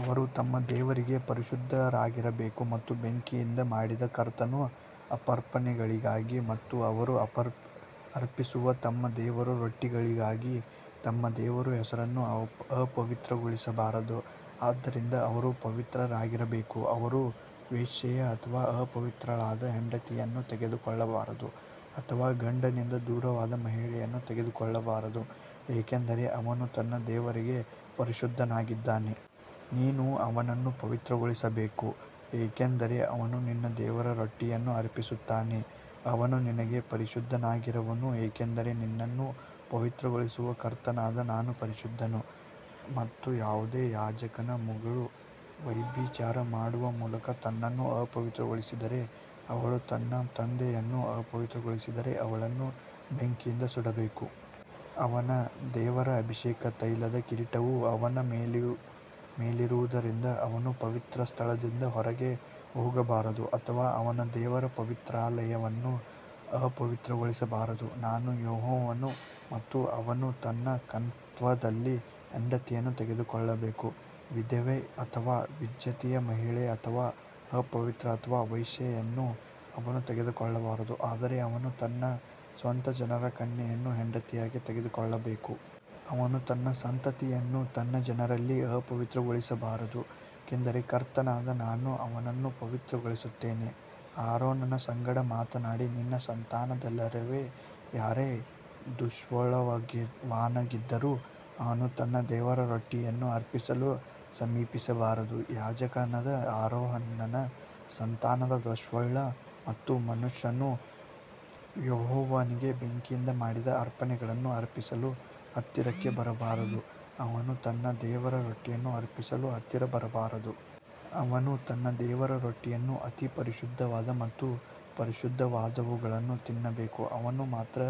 ಅವರು ತಮ್ಮ ದೇವರಿಗೆ ಪರಿಶುದ್ಧರಾಗಿರಬೇಕು ಮತ್ತು ಬೆಂಕಿಯಿಂದ ಮಾಡಿದ ಕರ್ತನ ಅರ್ಪಣೆಗಳಿಗಾಗಿ ಮತ್ತು ಅವರು ಅರ್ಪಿಸುವ ತಮ್ಮ ದೇವರ ರೊಟ್ಟಿಗಳಿಗಾಗಿ ತಮ್ಮ ದೇವರ ಹೆಸರನ್ನು ಅಪವಿತ್ರಗೊಳಿಸಬಾರದು ಆದ್ದರಿಂದ ಅವರು ಪವಿತ್ರರಾಗಿರಬೇಕು. ಅವರು ವೇಶ್ಯೆಯ ಅಥವಾ ಅಪವಿತ್ರಳಾದ ಹೆಂಡತಿಯನ್ನು ತೆಗೆದುಕೊಳ್ಳಬಾರದು ಅಥವಾ ಗಂಡನಿಂದ ದೂರವಾದ ಮಹಿಳೆಯನ್ನು ತೆಗೆದುಕೊಳ್ಳಬಾರದು ಏಕೆಂದರೆ ಅವನು ತನ್ನ ದೇವರಿಗೆ ಪರಿಶುದ್ಧನಾಗಿದ್ದಾನೆ. ನೀನು ಅವನನ್ನು ಪವಿತ್ರಗೊಳಿಸಬೇಕು ಏಕೆಂದರೆ ಅವನು ನಿನ್ನ ದೇವರ ರೊಟ್ಟಿಯನ್ನು ಅರ್ಪಿಸುತ್ತಾನೆ ಅವನು ನಿನಗೆ ಪರಿಶುದ್ಧನಾಗಿರುವನು ಏಕೆಂದರೆ ನಿನ್ನನ್ನು ಪವಿತ್ರಗೊಳಿಸುವ ಕರ್ತನಾದ ನಾನು ಪರಿಶುದ್ಧನು. ಮತ್ತು ಯಾವುದೇ ಯಾಜಕನ ಮಗಳು ವ್ಯಭಿಚಾರ ಮಾಡುವ ಮೂಲಕ ತನ್ನನ್ನು ಅಪವಿತ್ರಗೊಳಿಸಿದರೆ ಅವಳು ತನ್ನ ತಂದೆಯನ್ನು ಅಪವಿತ್ರಗೊಳಿಸಿದರೆ ಅವಳನ್ನು ಬೆಂಕಿಯಿಂದ ಸುಡಬೇಕು. ಅವನ ದೇವರ ಅಭಿಷೇಕ ತೈಲದ ಕಿರೀಟವು ಅವನ ಮೇಲಿರುವುದರಿಂದ ಅವನು ಪವಿತ್ರಸ್ಥಳದಿಂದ ಹೊರಗೆ ಹೋಗಬಾರದು ಅಥವಾ ಅವನ ದೇವರ ಪವಿತ್ರಾಲಯವನ್ನು ಅಪವಿತ್ರಗೊಳಿಸಬಾರದು ನಾನು ಯೆಹೋವನು. ಮತ್ತು ಅವನು ತನ್ನ ಕನ್ಯತ್ವದಲ್ಲಿ ಹೆಂಡತಿಯನ್ನು ತೆಗೆದುಕೊಳ್ಳಬೇಕು. ವಿಧವೆ ಅಥವಾ ವಿಚ್ಛೇದಿತ ಮಹಿಳೆ ಅಥವಾ ಅಪವಿತ್ರ ಅಥವಾ ವೇಶ್ಯೆಯನ್ನು ಅವನು ತೆಗೆದುಕೊಳ್ಳಬಾರದು ಆದರೆ ಅವನು ತನ್ನ ಸ್ವಂತ ಜನರ ಕನ್ಯೆಯನ್ನು ಹೆಂಡತಿಯಾಗಿ ತೆಗೆದುಕೊಳ್ಳಬೇಕು. ಅವನು ತನ್ನ ಸಂತತಿಯನ್ನು ತನ್ನ ಜನರಲ್ಲಿ ಅಪವಿತ್ರಗೊಳಿಸಬಾರದು ಏಕೆಂದರೆ ಕರ್ತನಾದ ನಾನು ಅವನನ್ನು ಪವಿತ್ರಗೊಳಿಸುತ್ತೇನೆ. ಆರೋನನ ಸಂಗಡ ಮಾತನಾಡಿ ನಿನ್ನ ಸಂತಾನದವರಲ್ಲಿ ಯಾರೇ ದೋಷವುಳ್ಳವನಾಗಿದ್ದರೂ ಅವನು ತನ್ನ ದೇವರ ರೊಟ್ಟಿಯನ್ನು ಅರ್ಪಿಸಲು ಸಮೀಪಿಸಬಾರದು. ಯಾಜಕನಾದ ಆರೋನನ ಸಂತಾನದ ದೋಷವುಳ್ಳ ಯಾವ ಮನುಷ್ಯನೂ ಯೆಹೋವನಿಗೆ ಬೆಂಕಿಯಿಂದ ಮಾಡಿದ ಅರ್ಪಣೆಗಳನ್ನು ಅರ್ಪಿಸಲು ಹತ್ತಿರಕ್ಕೆ ಬರಬಾರದು ಅವನು ತನ್ನ ದೇವರ ರೊಟ್ಟಿಯನ್ನು ಅರ್ಪಿಸಲು ಹತ್ತಿರ ಬರಬಾರದು. ಅವನು ತನ್ನ ದೇವರ ರೊಟ್ಟಿಯನ್ನು ಅತಿ ಪರಿಶುದ್ಧವಾದ ಮತ್ತು ಪರಿಶುದ್ಧವಾದವುಗಳನ್ನು ತಿನ್ನಬೇಕು ಅವನು ಮಾತ್ರ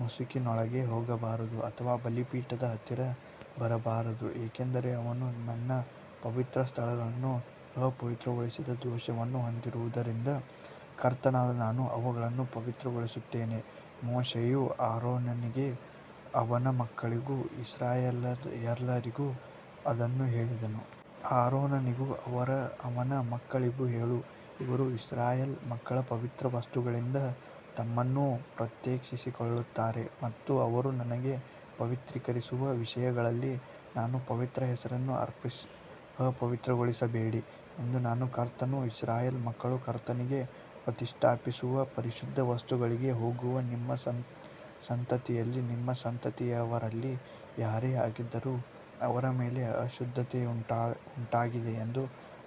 ಮುಸುಕಿನೊಳಗೆ ಹೋಗಬಾರದು ಅಥವಾ ಬಲಿಪೀಠದ ಹತ್ತಿರ ಬರಬಾರದು ಏಕೆಂದರೆ ಅವನು ನನ್ನ ಪವಿತ್ರ ಸ್ಥಳಗಳನ್ನು ಅಪವಿತ್ರಗೊಳಿಸದ ದೋಷವನ್ನು ಹೊಂದಿರುವುದರಿಂದ ಕರ್ತನಾದ ನಾನು ಅವುಗಳನ್ನು ಪವಿತ್ರಗೊಳಿಸುತ್ತೇನೆ. ಮೋಶೆಯು ಆರೋನನಿಗೂ ಅವನ ಮಕ್ಕಳಿಗೂ ಇಸ್ರಾಯೇಲ್ಯರೆಲ್ಲರಿಗೂ ಅದನ್ನು ಹೇಳಿದನು. ಆರೋನನಿಗೂ ಅವನ ಮಕ್ಕಳಿಗೂ ಹೇಳು ಅವರು ಇಸ್ರಾಯೇಲ್ ಮಕ್ಕಳ ಪವಿತ್ರ ವಸ್ತುಗಳಿಂದ ತಮ್ಮನ್ನು ಪ್ರತ್ಯೇಕಿಸಿಕೊಳ್ಳುತ್ತಾರೆ ಮತ್ತು ಅವರು ನನಗೆ ಪವಿತ್ರೀಕರಿಸುವ ವಿಷಯಗಳಲ್ಲಿ ನನ್ನ ಪವಿತ್ರ ಹೆಸರನ್ನು ಅಪವಿತ್ರಗೊಳಿಸಬೇಡಿ ಎಂದು ನಾನು ಕರ್ತನು. ಇಸ್ರಾಯೇಲ್ ಮಕ್ಕಳು ಕರ್ತನಿಗೆ ಪ್ರತಿಷ್ಠಾಪಿಸುವ ಪರಿಶುದ್ಧ ವಸ್ತುಗಳಿಗೆ ಹೋಗುವ ನಿಮ್ಮ ಸಂತತಿಯಲ್ಲಿ ನಿಮ್ಮ ಸಂತತಿಯವರಲ್ಲಿ ಯಾರೇ ಆಗಿದ್ದರೂ ಅವರ ಮೇಲೆ ಅಶುದ್ಧತೆಯುಂಟಾಗಿದೆ ಎಂದು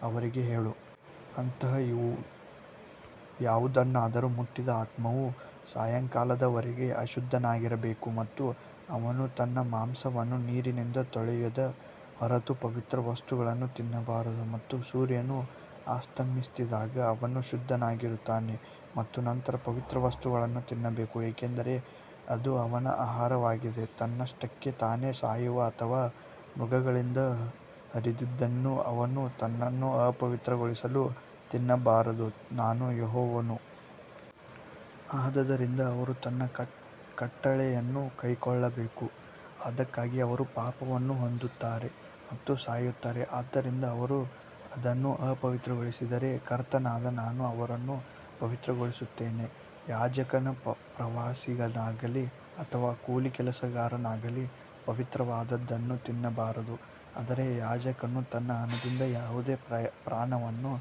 ಅವರಿಗೆ ಹೇಳು. ಅಂತಹ ಯಾವುದನ್ನಾದರೂ ಮುಟ್ಟಿದ ಆತ್ಮವು ಸಾಯಂಕಾಲದವರೆಗೆ ಅಶುದ್ಧನಾಗಿರಬೇಕು ಮತ್ತು ಅವನು ತನ್ನ ಮಾಂಸವನ್ನು ನೀರಿನಿಂದ ತೊಳೆಯದ ಹೊರತು ಪವಿತ್ರ ವಸ್ತುಗಳನ್ನು ತಿನ್ನಬಾರದು. ಮತ್ತು ಸೂರ್ಯನು ಅಸ್ತಮಿಸಿದಾಗ ಅವನು ಶುದ್ಧನಾಗಿರುತ್ತಾನೆ ಮತ್ತು ನಂತರ ಪವಿತ್ರ ವಸ್ತುಗಳನ್ನು ತಿನ್ನಬೇಕು ಏಕೆಂದರೆ ಅದು ಅವನ ಆಹಾರವಾಗಿದೆ. ತನ್ನಷ್ಟಕ್ಕೆ ತಾನೇ ಸಾಯುವ ಅಥವಾ ಮೃಗಗಳಿಂದ ಹರಿದದ್ದನ್ನು ಅವನು ತನ್ನನ್ನು ಅಪವಿತ್ರಗೊಳಿಸಲು ತಿನ್ನಬಾರದು ನಾನು ಯೆಹೋವನು. ಆದದರಿಂದ ಅವರು ನನ್ನ ಕಟ್ಟಳೆಯನ್ನು ಕೈಕೊಳ್ಳಬೇಕು ಅದಕ್ಕಾಗಿ ಅವರು ಪಾಪವನ್ನು ಹೊಂದುತ್ತಾರೆ ಮತ್ತು ಸಾಯುತ್ತಾರೆ ಆದ್ದರಿಂದ ಅವರು ಅದನ್ನು ಅಪವಿತ್ರಗೊಳಿಸಿದರೆ ಕರ್ತನಾದ ನಾನು ಅವರನ್ನು ಪವಿತ್ರಗೊಳಿಸುತ್ತೇನೆ. ಯಾಜಕನ ಪ್ರವಾಸಿಗನಾಗಲಿ ಅಥವಾ ಕೂಲಿ ಕೆಲಸಗಾರನಾಗಲಿ ಪವಿತ್ರವಾದದ್ದನ್ನು ತಿನ್ನಬಾರದು. ಆದರೆ ಯಾಜಕನು ತನ್ನ ಹಣದಿಂದ ಯಾವುದೇ ಪ್ರಾಣವನ್ನು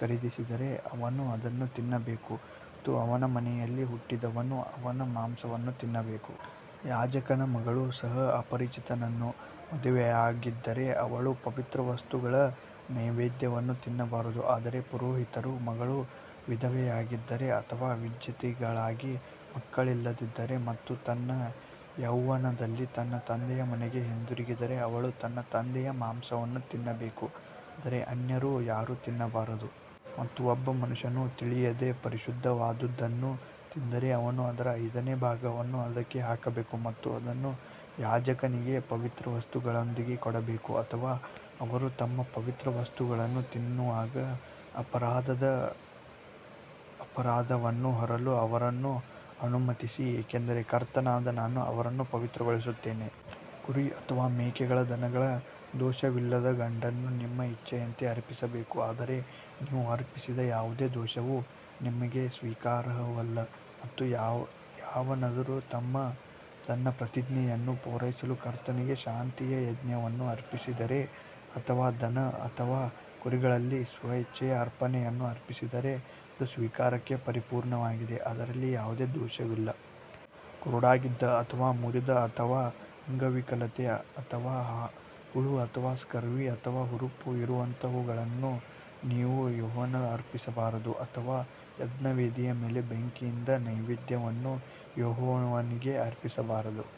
ಖರೀದಿಸಿದರೆ ಅವನು ಅದನ್ನು ತಿನ್ನಬೇಕು ಮತ್ತು ಅವನ ಮನೆಯಲ್ಲಿ ಹುಟ್ಟಿದವನು ಅವನ ಮಾಂಸವನ್ನು ತಿನ್ನಬೇಕು. ಯಾಜಕನ ಮಗಳು ಸಹ ಅಪರಿಚಿತನನ್ನು ಮದುವೆಯಾಗಿದ್ದರೆ ಅವಳು ಪವಿತ್ರ ವಸ್ತುಗಳ ನೈವೇದ್ಯವನ್ನು ತಿನ್ನಬಾರದು. ಆದರೆ ಪುರೋಹಿತರ ಮಗಳು ವಿಧವೆಯಾಗಿದ್ದರೆ ಅಥವಾ ವಿಚ್ಛೇದಿತಳಾಗಿ ಮಕ್ಕಳಿಲ್ಲದಿದ್ದರೆ ಮತ್ತು ತನ್ನ ಯೌವನದಲ್ಲಿ ತನ್ನ ತಂದೆಯ ಮನೆಗೆ ಹಿಂದಿರುಗಿದರೆ ಅವಳು ತನ್ನ ತಂದೆಯ ಮಾಂಸವನ್ನು ತಿನ್ನಬೇಕು ಆದರೆ ಅನ್ಯರು ಯಾರೂ ತಿನ್ನಬಾರದು. ಮತ್ತು ಒಬ್ಬ ಮನುಷ್ಯನು ತಿಳಿಯದೆ ಪರಿಶುದ್ಧವಾದುದನ್ನು ತಿಂದರೆ ಅವನು ಅದರ ಐದನೇ ಭಾಗವನ್ನು ಅದಕ್ಕೆ ಹಾಕಬೇಕು ಮತ್ತು ಅದನ್ನು ಯಾಜಕನಿಗೆ ಪವಿತ್ರ ವಸ್ತುಗಳೊಂದಿಗೆ ಕೊಡಬೇಕು. ಅಥವಾ ಅವರು ತಮ್ಮ ಪವಿತ್ರ ವಸ್ತುಗಳನ್ನು ತಿನ್ನುವಾಗ ಅಪರಾಧದ ಅಪರಾಧವನ್ನು ಹೊರಲು ಅವರನ್ನು ಅನುಮತಿಸಿ ಏಕೆಂದರೆ ಕರ್ತನಾದ ನಾನು ಅವರನ್ನು ಪವಿತ್ರಗೊಳಿಸುತ್ತೇನೆ. ಕುರಿ ಅಥವಾ ಮೇಕೆಗಳ ದನಗಳ ದೋಷವಿಲ್ಲದ ಗಂಡನ್ನು ನಿಮ್ಮ ಇಚ್ಛೆಯಂತೆ ಅರ್ಪಿಸಬೇಕು. ಆದರೆ ನೀವು ಅರ್ಪಿಸದ ಯಾವುದೇ ದೋಷವು ನಿಮಗೆ ಸ್ವೀಕಾರಾರ್ಹವಲ್ಲ ಮತ್ತು ಯಾವನಾದರೂ ತನ್ನ ಪ್ರತಿಜ್ಞೆಯನ್ನು ಪೂರೈಸಲು ಕರ್ತನಿಗೆ ಶಾಂತಿಯ ಯಜ್ಞವನ್ನು ಅರ್ಪಿಸಿದರೆ ಅಥವಾ ದನ ಅಥವಾ ಕುರಿಗಳಲ್ಲಿ ಸ್ವೇಚ್ಛೆಯ ಅರ್ಪಣೆಯನ್ನು ಅರ್ಪಿಸಿದರೆ ಅದು ಸ್ವೀಕಾರಕ್ಕೆ ಪರಿಪೂರ್ಣವಾಗಿದೆ ಅದರಲ್ಲಿ ಯಾವುದೇ ದೋಷವಿಲ್ಲ. ಕುರುಡಾಗಿದ್ದ ಅಥವಾ ಮುರಿದ ಅಥವಾ ಅಂಗವಿಕಲತೆ ಅಥವಾ ಹುಳು ಅಥವಾ ಸ್ಕರ್ವಿ ಅಥವಾ ಹುರುಪು ಇರುವಂತಹವುಗಳನ್ನು ನೀವು ಯೆಹೋವನಿಗೆ ಅರ್ಪಿಸಬಾರದು ಅಥವಾ ಯಜ್ಞವೇದಿಯ ಮೇಲೆ ಬೆಂಕಿಯಿಂದ ನೈವೇದ್ಯವನ್ನು ಯೆಹೋವನಿಗೆ ಅರ್ಪಿಸಬಾರದು.